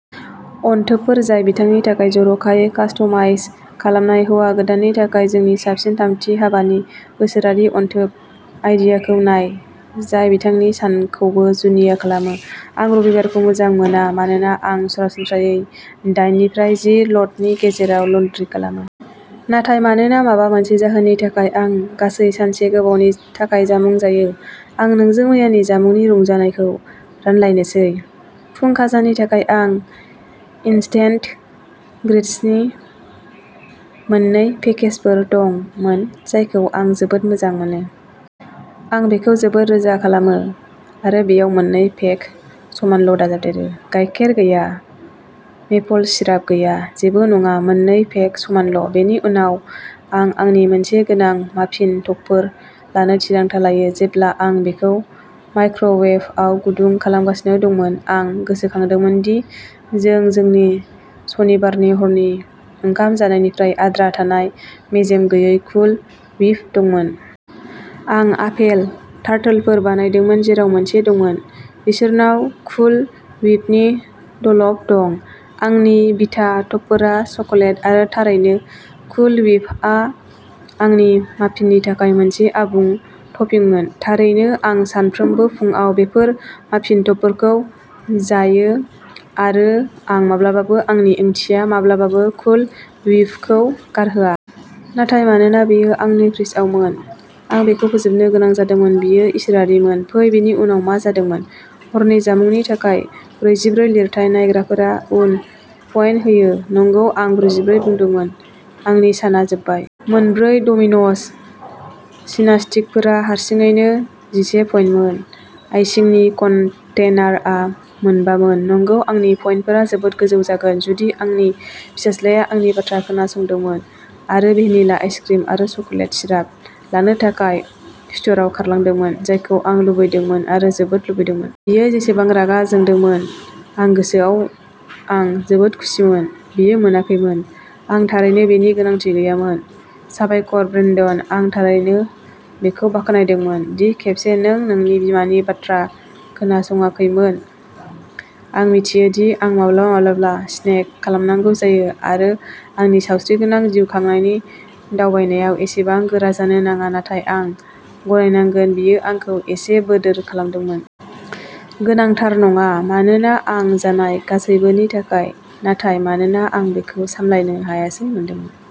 अनथोबफोर जाय बिथांनि थाखाय जर'खायै कास्टमाइज खालामनाय। हौवा गोदाननि थाखाय जोंनि साबसिन थामथि हाबानि बोसोरारि अनथोब आइडियाखौ नाय जाय बिथांनि सानखौबो जुनिया खालामो। आं रबिबारखौ मोजां मोना। मानोना आं सरासनस्रायै दाइननिफ्राय जि ल'डनि गेजेराव लन्ड्रि खालामो। नाथाय मानोना माबा मोनसे जाहोननि थाखाय आं गासै सानसे गोबावनि थाखाय जामुं जायो। आं नोंजों मैयानि जामुंनि रंजानायखौ रानलायनोसै। फुं खाजानि थाखाय आं इन्स्टेन्ट ग्रिट्सनि मोन्नै पेकेजफोर दंमोन जायखौ आं जोबोद मोजां मोनो। आं बेखौ जोबोद रोजा खालामो आरो बेयाव मोननै पेक समानल' दाजाबदेरो। गाइखेर गैया। मेपल सिराप गैया। जेबो नङा। मोननै पेक समानल'। बेनि उनाव आं आंनि मोनसे गोनां माफिन टपफोर लानो थिरांथा लायो। जेब्ला आं बेखौ माइक्र'वेभआव गुदुं खालामगासिनो दंमोन आं गोसोखांदोंमोन दि जों जोंनि सनिबारनि हरनि ओंखाम जानायनिफ्राय आद्रा थानाय मेजेम गैयै कुल व्हिप दंमोन। आं आपेल टार्टलेटफोर बानायदोंमोन जेराव मोनसे दंमोन। बिसोरनाव कुल व्हिपनि द'ल'प दं। आंनि भिटा टपफोरा चकलेट आरो थारैनो कुल व्हिपआ आंनि माफिननि थाखाय मोनसे आबुं टपिंमोन। थारैनो आं सानफ्रोमबो फुंआव बेफोर माफिन टपफोरखौ जायो आरो आं माब्लाबाबो आंनि ओंथिया माब्लाबाबो कुल व्हिपखौ गारहोया। नाथाय मानोना बेयो आंनि फ्रिजआवमोन आं बेखौ फोजोबनो गोनां जादोंमोन। बेयो इसोरारिमोन। फै बेनि उनाव मा जादोंमोन। हरनि जामुंनि थाखाय ब्रैजि ब्रै लिरथाय नायग्राफोरा उनाव पइन्ट होयो नंगौ आं बैजिब्रै बुंदोंमोन आंनि साना जोबबाय। मोनब्रै डमिन'स सिनास्टिकफोरा हारसिङैनो जिसे पइन्टमोन। आइसिंनि कन्टेनारआ मोनबामोन। नंगौ आंनि पइन्टफोरा जोबोद गोजौ जागोन जुदि आंनि फिसाज्लाया आंनि बाथ्रा खोनासंदोंमोन आरो भेनिला आइसक्रिम आरो चकलेट सिराप लानो थाखाय स्ट'रआव खारलांदोंमोन जायखौ आं लुबैदोंमोन आरो जोबोद लुबैदोंमोन। बियो जेसेबां रागा जोंदोंमोन आं गोसोआव आं जोबोद खुसिमोन बियो मोनाखैमोन। आं थारैनो बेनि गोनांथि गैयामोन। साबायखर ब्रेन्डन आं थारैनो बेखौ बाखनायदोंमोन दि खेबसे नों नोंनि बिमानि बाथ्रा खोनासङाखैमोन। आं मिथियो दि आं माब्लाबा माब्लाबा स्नेक खालामनांगौ जायो आरो आंनि सावस्रिगोनां जिउ खांनायनि दावबायनायाव एसेबां गोरा जानो नाङा नाथाय आं गनायनांगोन बेयो आंखौ एसे बोदोर खालामदोंमोन। गोनांथार नङा मानोना आं जानाय गासैबोनि थाखाय नाथाय मानोना आं बेखौ सामलायनो हायासै मोनदोंमोन।